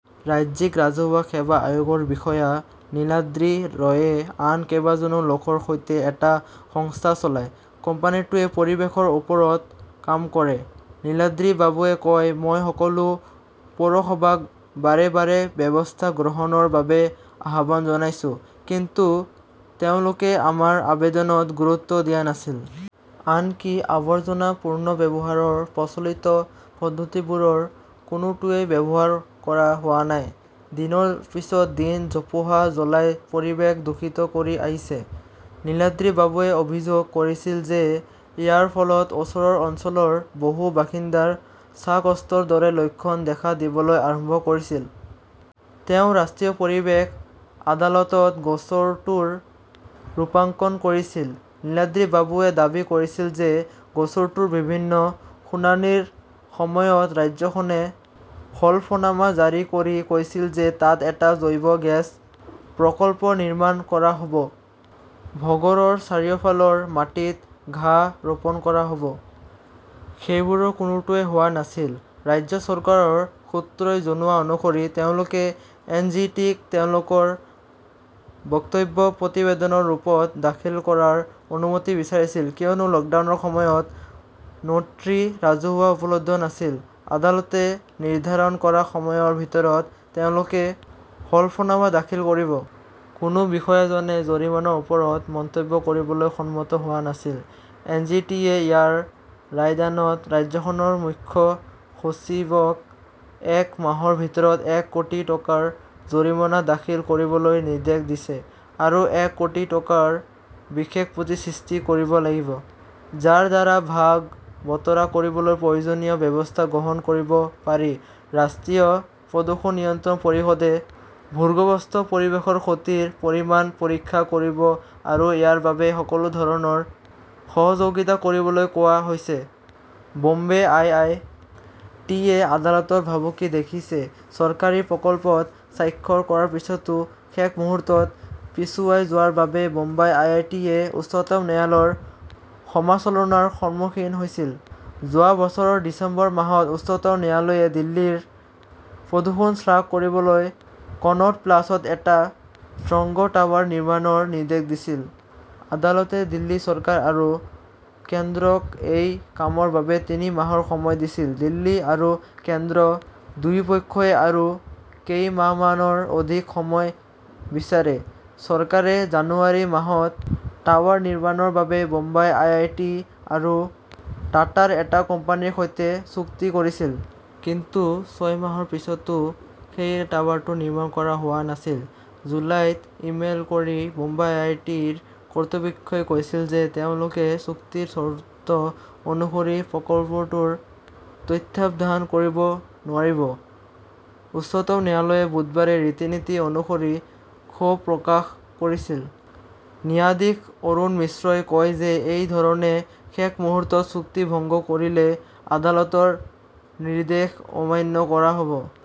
ৰাজ্যিক ৰাজহুৱা সেৱা আয়োগৰ বিষয়া নীলাদ্ৰী ৰয়ে আন কেইবাজনো লোকৰ সৈতে এটা সংস্থা চলায়। কোম্পানীটোৱে পৰিৱেশৰ ওপৰত কাম কৰে। নীলাদ্ৰীবাবুৱে কয়, মই সকলো পৌৰসভাক বাৰে বাৰে ব্যৱস্থা গ্ৰহণৰ বাবে আহ্বান জনাইছো। কিন্তু তেওঁলোকে আমাৰ আবেদনত গুৰুত্ব দিয়া নাছিল। আনকি, আৱৰ্জনা পুনৰ্ব্যৱহাৰৰ প্ৰচলিত পদ্ধতিবোৰৰ কোনোটোৱেই ব্যৱহাৰ কৰা হোৱা নাই। দিনৰ পিছত দিন জোপোহা জ্বলাই পৰিৱেশ দূষিত কৰি আহিছে। নীলাদ্ৰিবাবুৱে অভিযোগ কৰিছিল যে ইয়াৰ ফলত ওচৰৰ অঞ্চলৰ বহু বাসিন্দাৰ শ্বাসকষ্টৰ দৰে লক্ষণ দেখা দিবলৈ আৰম্ভ কৰিছিল। তেওঁ ৰাষ্ট্ৰীয় পৰিৱেশ আদালতত গোচৰটোৰ ৰূপাঙ্কণ কৰিছিল। নীলাদ্ৰীবাবুৱে দাবী কৰিছিল যে গোচৰটোৰ বিভিন্ন শুনানিৰ সময়ত ৰাজ্যখনে হলফনামা জাৰি কৰি কৈছিল যে তাত এটা জৈৱ গেছ প্ৰকল্প নিৰ্মাণ কৰা হ 'ব। ভগড়ৰ চাৰিওফালৰ মাটিত ঘাঁহ ৰোপণ কৰা হব। সেইবোৰৰ কোনোটোৱেই হোৱা নাছিল। ৰাজ্য চৰকাৰৰ সূত্ৰই জনোৱা অনুসৰি তেওঁলোকে এন. জি. টি. -ক তেওঁলোকৰ বক্তব্য প্ৰতিবেদনৰ ৰূপত দাখিল কৰাৰ অনুমতি বিচাৰিছিল কিয়নো লকডাউনৰ সময়ত 'নোটৰী ৰাজহুৱা উপলব্ধ নাছিল। আদালতে নিৰ্ধাৰণ কৰা সময়ৰ ভিতৰত তেওঁলোকে হলফনামা দাখিল কৰিব। কোনো বিষয়াজনে জৰিমনাৰ ওপৰত মন্তব্য কৰিবলৈ সন্মত হোৱা নাছিল। এন. জি. টি. -য়ে ইয়াৰ ৰায়দানত ৰাজ্যখনৰ মুখ্য সচিবক এক মাহৰ ভিতৰত এক কোটি টকাৰ জৰিমনা দাখিল কৰিবলৈ নিৰ্দেশ দিছে। আৰু এক কোটি টকাৰ বিশেষ পুঁজি সৃষ্টি কৰিব লাগিব। যাৰ দ্বাৰা ভাগ বতৰা কৰিবলৈ প্ৰয়োজনীয় ব্যৱস্থা গ্ৰহণ কৰিব পাৰি। ৰাষ্ট্ৰীয় প্ৰদূষণ নিয়ন্ত্ৰণ পৰিষদে ভূগৰ্ভস্থ পৰিৱেশৰ ক্ষতিৰ পৰিমাণ পৰীক্ষা কৰিব আৰু ইয়াৰ বাবে সকলো ধৰণৰ সহযোগিতা কৰিবলৈ কোৱা হৈছে। ব 'ম্বে আই. আই. টি. -য়ে আদালতৰ ভাবুকি খেলিছে চৰকাৰী প্ৰকল্পত স্বাক্ষৰ কৰাৰ পিছতো শেষ মুহূৰ্তত পিছুৱাই যোৱাৰ বাবে বোম্বাই আই. আই. টি. -য়ে উচ্চতম ন্যায়ালয়ৰ সমালোচনাৰ সন্মুখীন হৈছিল। যোৱা বছৰৰ ডিচেম্বৰ মাহত উচ্চতম ন্যায়ালয়ে দিল্লীৰ প্ৰদূষণ হ্ৰাস কৰিবলৈ কনট প্লেচত এটা 'স্মগ টাৱাৰ' নিৰ্মাণৰ নিৰ্দেশ দিছিল। আদালতে দিল্লী চৰকাৰ আৰু কেন্দ্ৰক এই কামৰ বাবে তিনি মাহৰ সময় দিছিল। দিল্লী আৰু কেন্দ্ৰ দুয়োপক্ষই আৰু কেইমাহমানৰ অধিক সময় বিচাৰে। চৰকাৰে জানুৱাৰী মাহত টাৱাৰ নিৰ্মাণৰ বাবে বোম্বাই আই. আই. টি. আৰু টাটাৰ এটা কোম্পানীৰ সৈতে চুক্তি কৰিছিল। কিন্তু ছয় মাহৰ পিছতো সেই টাৱাৰটো নিৰ্মাণ কৰা হোৱা নাছিল। জুলাইত ই-মেইল কৰি বোম্বাই আই. আই. টি. -ৰ কৰ্তৃপক্ষই কৈছিল যে তেওঁলোকে চুক্তিৰ চৰ্ত অনুসৰি প্ৰকল্পটোৰ তত্বাৱধান কৰিব নোৱাৰিব। উচ্চতম ন্যায়ালয়ে বুধবাৰে ৰীতি-নীতি অনুসৰি ক্ষোভ প্ৰকাশ কৰিছিল। ন্যায়াধীশ অৰুণ মিশ্ৰই কয় যে এই ধৰণে শেষ মুহূৰ্তত চুক্তি ভংগ কৰিলে আদালতৰ নিৰ্দেশ অমান্য কৰা হব।